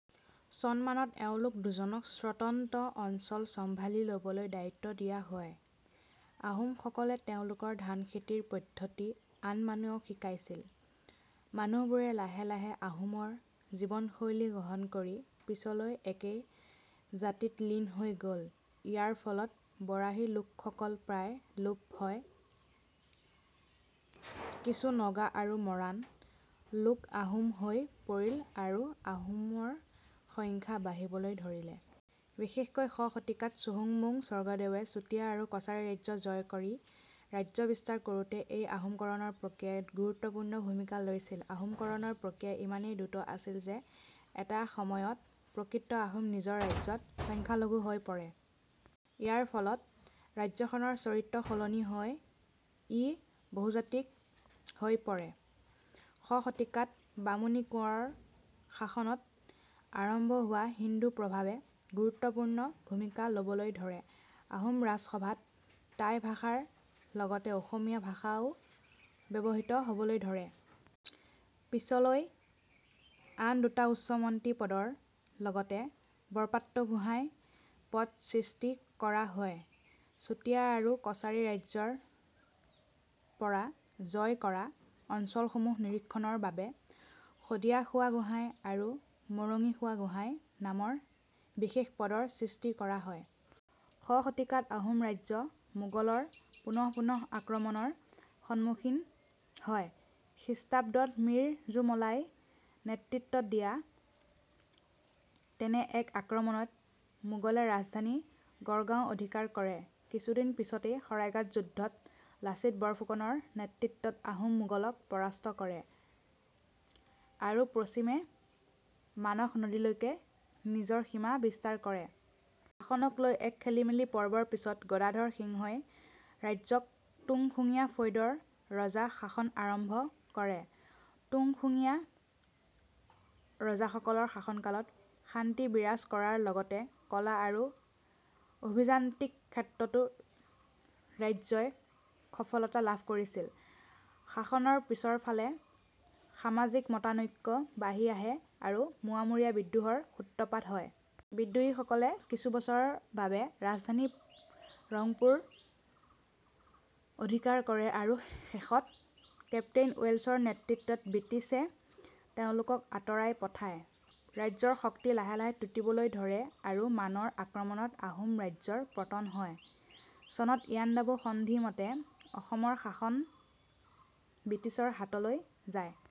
চনমানত এওঁলোক দুজনক স্বতন্ত্ৰ অঞ্চল চম্ভালি ল'বলৈ দায়িত্ব দিয়া হয়। আহোমসকলে তেওঁলোকৰ ধান খেতিৰ পদ্ধতি আন মানুহক শিকাইছিল। মানুহবোৰে লাহে লাহে আহোমৰ জীৱনশৈলী গ্ৰহণ কৰি পিছলৈ একে জাতিত লীন হৈ গ'ল। ইয়াৰ ফলত বৰাহী লোকসকল প্ৰায় লোপ হয়; কিছু নগা আৰু মৰাণ লোক আহোম হৈ পৰিল আৰু আহোমৰ সংখ্যা বাঢ়িবলৈ ধৰিলে। বিশেষকৈ শ শতিকাত চুহুংমুং স্বৰ্গদেৱে চুতীয়া আৰু কছাৰী ৰাজ্য জয় কৰি ৰাজ্য বিস্তাৰ কৰোঁতে এই আহোমকৰণৰ প্ৰক্ৰিয়াই গুৰুত্বপূৰ্ণ ভূমিকা লৈছিল। আহোমকৰণৰ প্ৰক্ৰিয়া ইমানেই দ্ৰুত আছিল যে এটা সময়ত প্ৰকৃত আহোম নিজৰ ৰাজ্যত সংখ্যালঘু হৈ পৰে। ইয়াৰ ফলত ৰাজ্যখনৰ চৰিত্ৰ সলনি হৈ ই বহুজাতিক হৈ পৰে। শ শতিকাত বামুণী কোঁৱৰৰ শাসনত আৰম্ভ হোৱা হিন্দু প্ৰভাৱে গুৰুত্বপূৰ্ণ ভূমিকা ল'বলৈ ধৰে। আহোম ৰাজসভাত টাই ভাষা ৰ লগতে অসমীয়া ভাষা ও ব্যৱহৃত হ'বলৈ ধৰে। পিছলৈ আন দুটা উচ্চ মন্ত্ৰী পদৰ লগতে বৰপাত্ৰগোহাঁই পদ সৃষ্টি কৰা হয়। চুতীয়া আৰু কছাৰী ৰাজ্যৰ পৰা জয় কৰা অঞ্চলসমূহ নিৰীক্ষণৰ বাবে "শদিয়াখোৱা গোহাঁই" আৰু "মৰঙীখোৱা গোহাঁই" নামৰ বিশেষ পদৰ সৃষ্টি কৰা হয়। শ শতিকাত আহোম ৰাজ্য মোগল ৰ পুনঃ পুনঃ আক্ৰমণৰ সন্মুখীন হয়। খ্ৰীষ্টাব্দত মীৰ জুমলা ই নেতৃত্ব দিয়া তেনে এক আক্ৰমণত মোগলে ৰাজধানী গড়গাওঁ অধিকাৰ কৰে। কিছুদিন পিছতে শৰাইঘাট যুদ্ধ ত লাচিত বৰফুকন ৰ নেতৃত্বত আহোমে মোগলক পৰাস্ত কৰে আৰু পশ্চিমে মানস নদীলৈকে নিজৰ সীমা বিস্তাৰ কৰে। শাসনক লৈ এক খেলিমেলি পৰ্বৰ পিছত গদাধৰ সিংহ ই ৰাজ্যত তুংখুঙীয়া ফৈদৰ ৰজাৰ শাসন আৰম্ভ কৰে। তুংখুঙীয়া ৰজাসকলৰ শাসনকালত শান্তি বিৰাজ কৰাৰ লগতে কলা আৰু অভিযান্ত্ৰিক ক্ষেত্ৰতো ৰাজ্যই সফলতা লাভ কৰিছিল। শাসনৰ পিছৰফালে সামাজিক মতানৈক্য বাঢ়ি আহে আৰু মোৱামৰীয়া বিদ্ৰোহ ৰ সূত্ৰপাত হয়। বিদ্ৰোহীসকলে কিছুবছৰৰ বাবে ৰাজধানী ৰংপুৰ অধিকাৰ কৰে আৰু শেষত কেপ্তেইন ৱেল্ছৰ নেতৃত্বত ব্ৰিটিছে তেওঁলোকক আঁতৰাই পঠায়। ৰাজ্যৰ শক্তি লাহে লাহে টুটিবলৈ ধৰে আৰু মানৰ আক্ৰমণত আহোম ৰাজ্যৰ পতন হয়। চনত ইয়াণ্ডাবু সন্ধি মতে অসমৰ শাসন ব্ৰিটিছৰ হাতলৈ যায়।